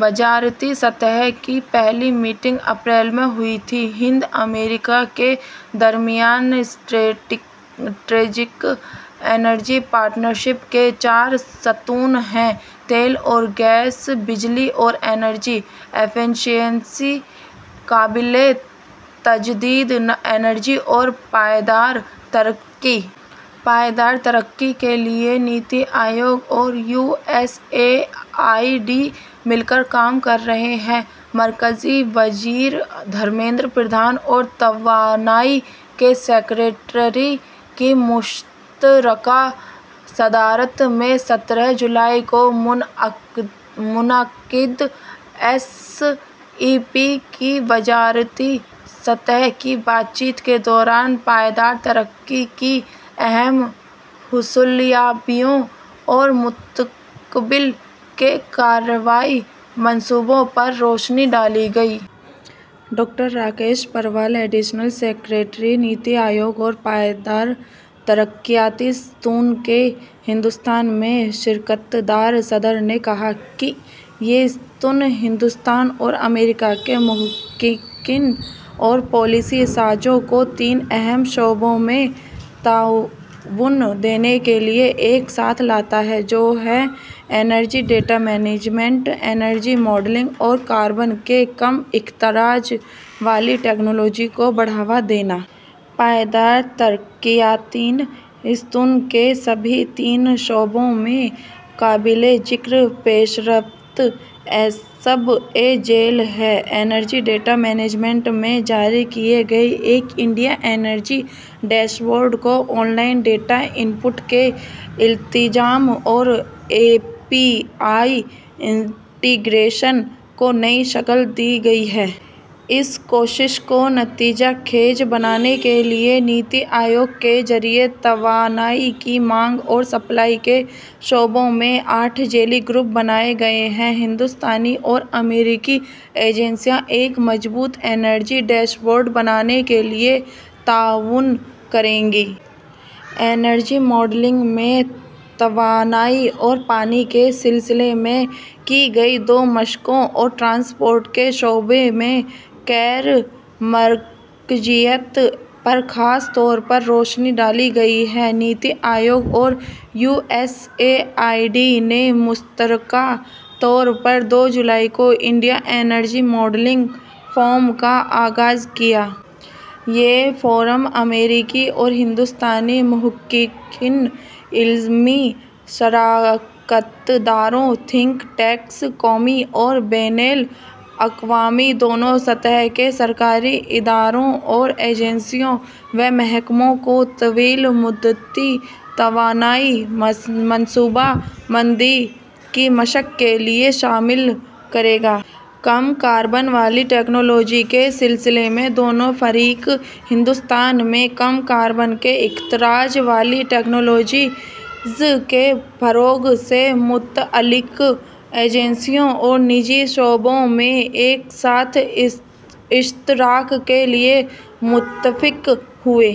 وزارتی سطح کی پہلی میٹنگ اپریل میں ہوئی تھی۔ ہند امریکہ کے درمیان اسٹریٹیجک انرجی پارٹنرشپ کے چار ستون ہیں: تیل اور گیس، بجلی اور توانائی ایفیشنسی، قابل تجدید توانائی اور پائیدار ترقی۔ پائیدار ترقی کے لیے نیتی آیوگ اور U S A I D مل کر کام کر رہے ہیں۔ مرکزی وزیر دھرمیندر پردھان اور توانائی کے سکریٹری کی مشترکہ صدارت میں سترہ جولائی کو منعقدہ ایس ای پی کی وزارتی سطح کی بات چیت کے دوران، پائیدار ترقی کی اہم حصول یابیوں اور مستقبل کے کارروائی منصوبوں پر روشنی ڈالی گئی۔ Doctor Rakesh Parwal, additional secretary, Niti Aayog اور پائیدار ترقیاتی ستون کے ہندوستان میں شریک صدر نے کہا کہ یہ ستون ہندوستان اور امریکہ کے محققین اور پالیسی سازوں کو تین اہم شعبوں میں تعاون دینے کے لیے ایک ساتھ لاتا ہے، جو ہیں: energy data management, energy modelling اور کاربن کے کم اخراج والی ٹیکنالوجی کو بڑھاوا دینا۔ پائیدار ترقیاتی ستون کے سبھی تین شعبوں میں قابل ذکر پیش رفت حسب ذیل ہے۔ انرجی ڈیٹا مینجمنٹ میں جاری کیے گئے ایک انڈیا انرجی ڈیش بورڈ کو online data input کے التزام اور اے پی آئی انٹیگریشن کو نئی شکل دی گئی ہے۔ اس کوشش کو نتیجہ خیز بنانے کے لیے نیتی آیوگ کے ذریعے توانائی کی مانگ اور سپلائی کے شعبوں میں آٹھ ذیلی گروپ بنائے گئے ہیں۔ ہندوستانی اور امریکی ایجنسیاں ایک مضبوط انرجی ڈیش بورڈ بنانے کے لیے تعاون کریں گی۔ انرجی ماڈلنگ میں توانائی اور پانی کے سلسلے میں کی گئی دو مشقوں اور ٹرانسپورٹ کے شعبے میں غیر مرکزیت پر خاص طور پر روشنی ڈالی گئی ہے۔ نیتی آیوگ اور U S A I D نے مشترکہ طور پر دو جولائی کو انڈیا انرجی ماڈلنگ فورم کا آغاز کیا ہے۔ یہ فورم امریکی اور ہندوستانی محققین، علمی شراکت داروں، تھنک ٹینکس، قومی اور بین الاقوامی دونوں سطح کے سرکاری اداروں اور ایجنسیوں و محکموں کو طویل مدتی توانائی منصوبہ بندی کی مشق کے لیے شامل کرے گا۔ کم کاربن والی ٹیکنالوجی کے سلسلے میں دونوں فریق ہندوستان میں کم کاربن کے اخراج والی ٹیکنالوجیز کے فروغ سے متعلق ایجنسیوں اور نجی شعبوں میں ایک ساتھ اشتراک کے لیے متفق ہوئے۔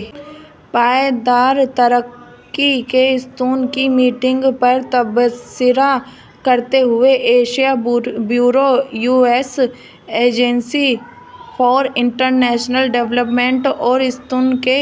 پائیدار ترقی کے ستون کی میٹنگ پر تبصرہ کرتے ہوئے، Asia bureau, U S agency for international development اور ستون کے...